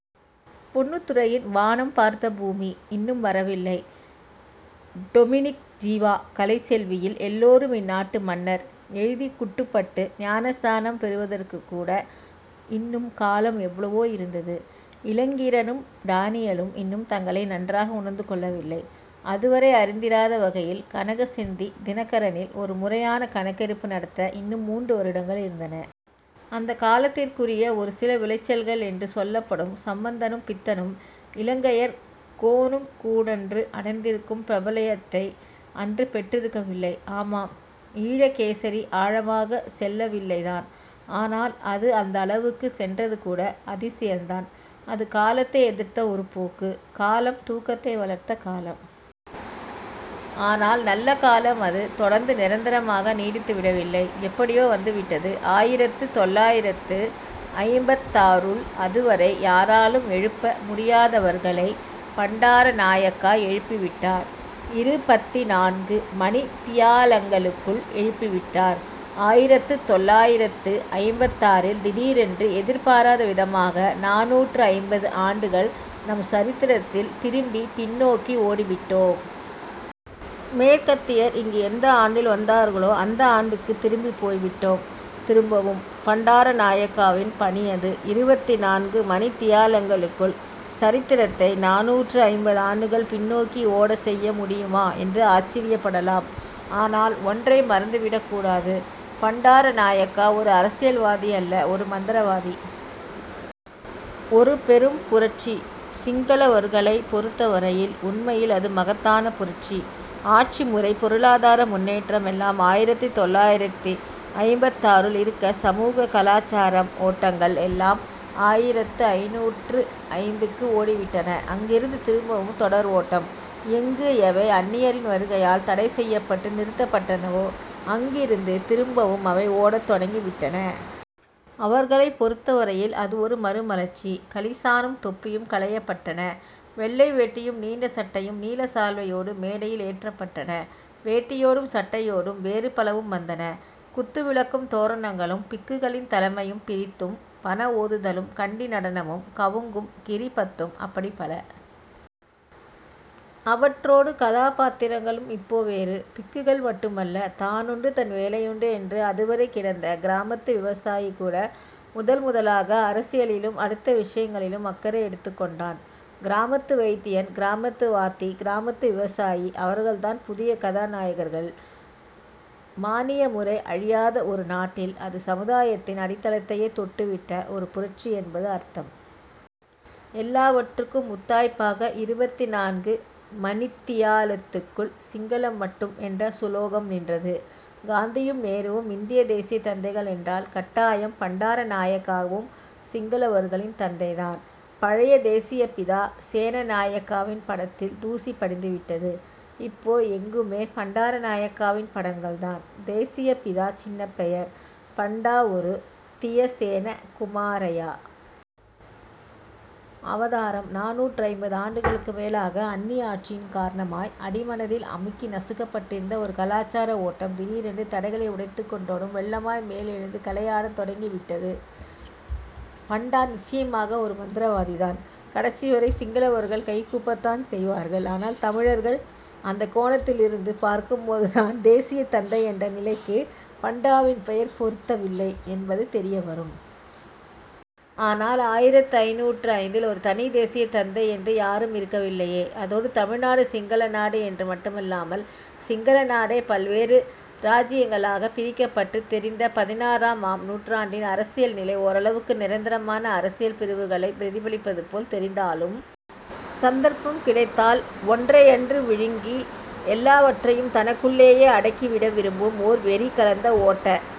பொன்னுத்துரையின் 'வானம் பார்த்த பூமி' இன்னும் வரவில்லை. டொமினிக் ஜீவா 'கலைச்செல்வி'யில் 'எல்லாரும் இந்நாட்டு மன்னர்' எழுதிக் குட்டுப்பட்டு ஞானஸ்நானம் பெறுவதற்குக்கூட இன்னும் காலம் எவ்வளவோ இருந்தது. இளங்கீரனும் டானியலும் இன்னும் தங்களை நன்றாக உணர்ந்துகொள்ளவில்லை. அதுவரை அறிந்திராத வகையில் கனகசெந்தி 'தினகரனி'ல் ஒரு முறையான கணக்கெடுப்பு நடத்த இன்னும் மூன்று வருடங்கள் இருந்தன. அந்தக் காலத்திற்குரிய ஒரு சில விளைச்சல்கள் என்று சொல்லப்படும் சம்பந்தனும், பித்தனும், இலங்கையர் கோனுங்கூடன்று அடைந்திருக்கும் பிரபல்யத்தை அன்று பெற்றிருக்கவில்லை. ஆமாம், ஈழகேசரி ஆழமாகச் செல்லவில்லைதான். ஆனால், அது அந்த அளவுக்குச் சென்றது கூட அதிசயந்தான். அது காலத்தை எதிர்த்த ஒரு போக்கு. காலம், தூக்கத்தை வளர்த்த காலம். ஆனால் நல்ல காலம் அது தொடர்ந்து நிரந்தரமாக நீடித்துவிடவில்லை எப்படியோ வந்துவிட்டது. ஆயிரத்து தொள்ளாயிரத்து ஐம்பத்தாறுல் அதுவரை யாராலும் எழுப்ப முடியாதவர்களைப் பண்டாரநாயக்கா எழுப்பிவிட்டார். இருபத்திநான்கு மணித் தியாலங்களுக்குள் எழுப்பிவிட்டார்! ஆயிரத்துத் தொள்ளாயிரத்து ஐம்பத்தாறில் திடீரென்று எதிர்பாராதவிதமாக நானூற்று ஐம்பது ஆண்டுகள் நம் சரித்திரத்தில் திரும்பி பின்னோக்கி ஓடிவிட்டோம். மேற்கத்தியர் இங்கு எந்த ஆண்டில் வந்தார்களோ அந்த ஆண்டுக்குத் திரும்பிப் போய்விட்டோம். திரும்பவும்! பண்டாரநாயக்காவின் பணி அது. இருபத்திநான்கு மணித் தியாலங்களுக்குள் சரித்திரத்தை நானூற்று ஐம்பது ஆண்டுகள் பின்னோக்கி ஓடச் செய்ய முடியுமா என்று ஆச்சரியப்படலாம். ஆனால் ஒன்றை மறந்துவிடக் கூடாது. பண்டாரநாயக்கா ஒரு அரசியல்வாதியல்ல, ஒரு மந்திரவாதி. ஒரு பெரும் புரட்சி. சிங்களவர்களைப் பொருத்தவரையில் உண்மையில் அது மகத்தான புரட்சி. ஆட்சிமுறை, பொருளாதார முன்னேற்றம் எல்லாம் ஆயிரத்து தொள்ளாயிரத்து ஐம்பத்தாறுல் இருக்க சமூக, கலாச்சாரம் ஓட்டங்கள் எல்லாம் ஆயிரத்து ஐந்நூற்று ஐந்துக்கு ஓடிவிட்டன. அங்கிருந்து திரும்பவும் தொடர் ஓட்டம். எங்கு எவை அந்நியரின் வருகையால் தடைசெய்யப்பட்டு நிறுத்தப்பட்டனவோ அங்கிருந்து திரும்பவும் அவை ஓடத் தொடங்கிவிட்டன. அவர்களைப் பொருத்தவரையில் அது ஒரு மறுமலர்ச்சி. களிசானும் தொப்பியும் களையப்பட்டன. வெள்ளை வேட்டியும், நீண்ட சட்டையும் நீலச் சால்வையோடு மேடையில் ஏற்றப்பட்டன. வேட்டியோடும் சட்டையோடும் வேறு பலவும் வந்தன. குத்து விளக்கும், தோரணங்களும், பிக்குகளின் தலைமையும் பிரித்தும், 'பண' ஓதுதலும், கண்டி நடனமும், 'கவுங்'கும், 'கிரிபத்தும் அப்படிப் பல. அவற்றோடு, கதாபாத்திரங்களும் இப்போ வேறு. பிக்குகள் மட்டுமல்ல; தானுண்டு தன் வேலையுண்டு என்று அதுவரை கிடந்த கிராமத்து விவசாயி கூட முதல் முதலாக அரசியலிலும் அடுத்த விஷயங்களிலும் அக்கறை எடுத்துக்கொண்டான். கிராமத்து வைத்தியன், கிராமத்து வாத்தி, கிராமத்து விவசாயி அவர்கள்தான் புதிய கதாநாயகர்கள். மானிய முறை அழியாத ஒரு நாட்டில் அது சமுதாயத்தின் அடித்தளத்தையே தொட்டுவிட்ட ஒரு புரட்சி என்பது அர்த்தம். எல்லாவற்றுக்கும் முத்தாய்ப்பாக இருபத்தி நான்கு மணித்தியாலத்துக்குள் சிங்களம் மட்டும் என்ற சுலோகம் நின்றது. காந்தியும் நேருவும் இந்தியத் தேசியத் தந்தைகள் என்றால் கட்டாயம் பண்டாரநாயக்காவும் சிங்களவர்களின் தந்தைதான். பழைய தேசியப்பிதா சேனநாயக்காவின் படத்தில் தூசி படிந்துவிட்டது. இப்போ எங்குமே பண்டாரநாயக்காவின் படங்கள்தான். தேசியப்பிதா சின்னப்பெயர். பண்டா ஒரு தியசேன குமாரயா! அவதாரம்! நானூற்று ஐம்பது ஆண்டுகளுக்கு மேலாக அந்நிய ஆட்சியின் காரணமாய் அடிமனதில் அமுக்கி நசுக்கப்பட்டிருந்த ஒரு கலாச்சார ஓட்டம் திடீரென்று தடைகளை உடைத்துக்கொண்டோடும் வெள்ளமாய் மேலெழுந்து 'கலை'யாடத் தொடங்கிவிட்டது. பண்டா நிச்சயமாக ஒரு மந்திரவாதிதான். கடைசிவரை, சிங்களவர்கள் கை கூப்பத்தான் செய்வார்கள். ஆனால் தமிழர்கள்? அந்தக் கோணத்திலிருந்து பார்க்கும்போதுதான் தேசியத் தந்தை என்ற நிலைக்குப் பண்டாவின் பெயர் பொருத்தவில்லை என்பது தெரியவரும். ஆனால் ஆயிரத்து ஐந்நூற்று ஐந்துல் ஒரு தனித் தேசியத் தந்தை என்று யாரும் இருக்கவில்லையே! அதோடு தமிழ்நாடு சிங்களநாடு என்று மட்டுமல்லாமல் சிங்கள நாடே பல்வேறு இராச்சியங்களாகப் பிரிக்கப்பட்டுத் தெரிந்த பதினாறாம் ஆம் நூற்றாண்டின் அரசியல் நிலை ஓரளவுக்கு நிரந்தரமான அரசியல் பிரிவுகளைப் பிரதிபலிப்பதுபோல் தெரிந்தாலும் சந்தர்ப்பம் கிடைத்தால் ஒன்றையன்று விழுங்கி எல்லாவற்றையும் தனக்குள்ளேயே அடக்கிவிட விரும்பும் ஓர் வெறி கலந்த ஓட்ட